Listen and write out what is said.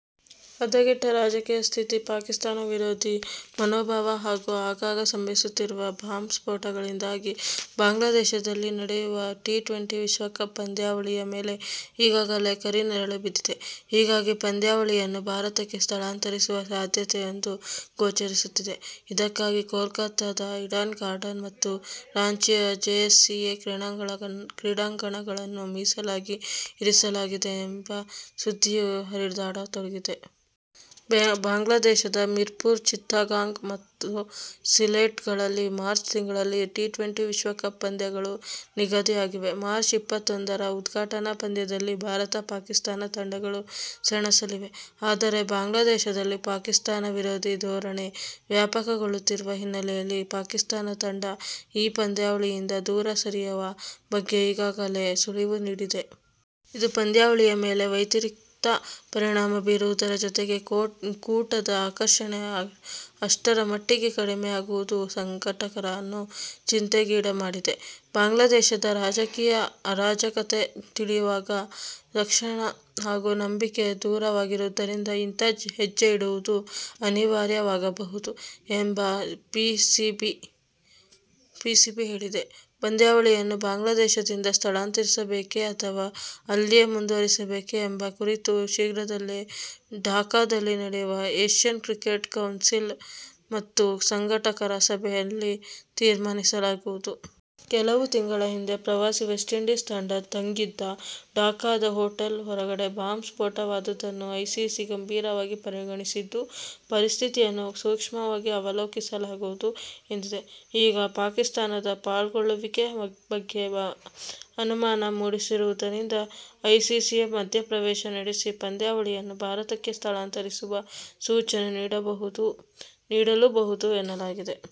ಹದಗೆಟ್ಟ ರಾಜಕೀಯ ಸ್ಥಿತಿ, ಪಾಕಿಸ್ಥಾನ ವಿರೋಧಿ ಮನೋಭಾವ ಹಾಗೂ ಆಗಾಗ ಸಂಭವಿಸುತ್ತಿರುವ ಬಾಂಬ್ ಸ್ಫೋಟಗಳಿಂದಾಗಿ ಬಾಂಗ್ಲಾದೇಶದಲ್ಲಿ ನಡೆಯುವ ಟಿ-ಟ್ವೆಂಟಿ ವಿಶ್ವಕಪ್ ಪಂದ್ಯಾವಳಿಯ ಮೇಲೆ ಈಗಾಗಲೇ ಕರಿನೆರಳು ಬಿದ್ದಿದೆ. ಹೀಗಾಗಿ, ಪಂದ್ಯಾವಳಿಯನ್ನು ಭಾರತಕ್ಕೆ ಸ್ಥಳಾಂತರಿಸುವ ಸಾಧ್ಯತೆಯೊಂದು ಗೋಚರಿಸುತ್ತಿದೆ. ಇದಕ್ಕಾಗಿ ಕೋಲ್ಕತಾದ ಈಡನ್ ಗಾರ್ಡನ್ಸ್ ಮತ್ತು ರಾಂಚಿಯ ಜೆಎಸ್ಸಿಎ ಕ್ರೀಡಾಂಗಣಗಳನ್ನು ಮೀಸಲಾಗಿ ಇರಿಸಲಾಗಿದೆ ಎಂಬ ಸುದ್ದಿಯೂ ಹರಿದಾಡತೊಡಗಿದೆ. ಬಾಂಗ್ಲಾದೇಶದ ಮೀರ್ಪುರ್, ಚಿತ್ತಗಾಂಗ್ ಮತ್ತು ಸಿಲೆಟ್‌ಗಳಲ್ಲಿ ಮಾರ್ಚ್ ತಿಂಗಳಲ್ಲಿ ಟಿ-ಟ್ವೆಂಟಿ ವಿಶ್ವಕಪ್ ಪಂದ್ಯಗಳು ನಿಗದಿಯಾಗಿವೆ. ಮಾರ್ಚ್ ಇಪ್ಪತ್ತೊಂದರ ಉದ್ಘಾಟನಾ ಪಂದ್ಯದಲ್ಲಿ ಭಾರತ-ಪಾಕಿಸ್ಥಾನ ತಂಡಗಳು ಸೆಣಸಲಿವೆ. ಆದರೆ, ಬಾಂಗ್ಲಾದೇಶದಲ್ಲಿ ಪಾಕಿಸ್ಥಾನ ವಿರೋಧಿ ಧೋರಣೆ ವ್ಯಾಪಕಗೊಳ್ಳುತ್ತಿರುವ ಹಿನ್ನೆಲೆಯಲ್ಲಿ ಪಾಕಿಸ್ಥಾನ ತಂಡ ಈ ಪಂದ್ಯಾವಳಿಯಿಂದ ದೂರ ಸರಿಯುವ ಬಗ್ಗೆ ಈಗಾಗಲೇ ಸುಳಿವು ನೀಡಿದೆ. ಇದು ಪಂದ್ಯಾವಳಿಯ ಮೇಲೆ ವ್ಯತಿರಿಕ್ತ ಪರಿಣಾಮ ಬೀರುವುದರ ಜತೆಗೆ ಕೂಟದ ಆಕರ್ಷಣೆ ಅಷ್ಟರ ಮಟ್ಟಿಗೆ ಕಡಿಮೆಯಾಗುವುದು ಸಂಘಟಕರನ್ನು ಚಿಂತೆಗೀಡುಮಾಡಿದೆ. ಬಾಂಗ್ಲಾದೇಶದ ರಾಜಕೀಯ ಅರಾಜಕತೆ ತಿಳಿಯಾಗುವ ಲಕ್ಷಣ ಹಾಗೂ ನಂಬಿಕೆ ದೂರವಾಗಿರುವುದರಿಂದ ಇಂಥ ಹೆಜ್ಜೆ ಇಡುವುದು ಅನಿವಾರ್ಯವಾಗಬಹುದು ಎಂದು ಪಿಸಿಬಿ ಹೇಳಿದೆ. ಪಂದ್ಯಾವಳಿಯನ್ನು ಬಾಂಗ್ಲಾದೇಶದಿಂದ ಸ್ಥಳಾಂತರಿಸಬೇಕೇ ಅಥವಾ ಅಲ್ಲಿಯೇ ಮುಂದುವರಿಸಬೇಕೇ ಎಂಬ ಕುರಿತು ಶೀಘ್ರದಲ್ಲೇ ಢಾಕಾದಲ್ಲಿ ನಡೆಯುವ ಏಶ್ಯನ್ ಕ್ರಿಕೆಟ್ ಕೌನ್ಸಿಲ್ ಮತ್ತು ಸಂಘಟಕರ ಸಭೆಯಲ್ಲಿ ತೀರ್ಮಾನಿಸಲಾಗುವುದು. ಕೆಲವು ತಿಂಗಳ ಹಿಂದೆ ಪ್ರವಾಸಿ ವೆಸ್ಟ್ ಇಂಡೀಸ್ ತಂಡ ತಂಗಿದ್ದ ಢಾಕಾದ ಹೊಟೇಲ್ ಹೊರಗಡೆ ಬಾಂಬ್ ಸ್ಫೋಟವಾದುದನ್ನು ಐಸಿಸಿ ಗಂಭೀರವಾಗಿ ಪರಿಗಣಿಸಿದ್ದು, ಪರಿಸ್ಥಿತಿಯನ್ನು ಸೂಕ್ಷ್ಮವಾಗಿ ಅವಲೋಕಿಸಲಾಗುವುದು ಎಂದಿದೆ. ಈಗ ಪಾಕಿಸ್ಥಾನದ ಪಾಲ್ಗೊಳ್ಳುವಿಕೆ ಬಗ್ಗೆ ಅನುಮಾನ ಮೂಡಿರುವುದರಿಂದ ಐಸಿಸಿ ಮಧ್ಯಪ್ರವೇಶ ನಡೆಸಿ ಪಂದ್ಯಾವಳಿಯನ್ನು ಭಾರತಕ್ಕೆ ಸ್ಥಳಾಂತರಿಸುವ ಸೂಚನೆ ನೀಡಲೂಬಹುದು ಎನ್ನಲಾಗಿದೆ.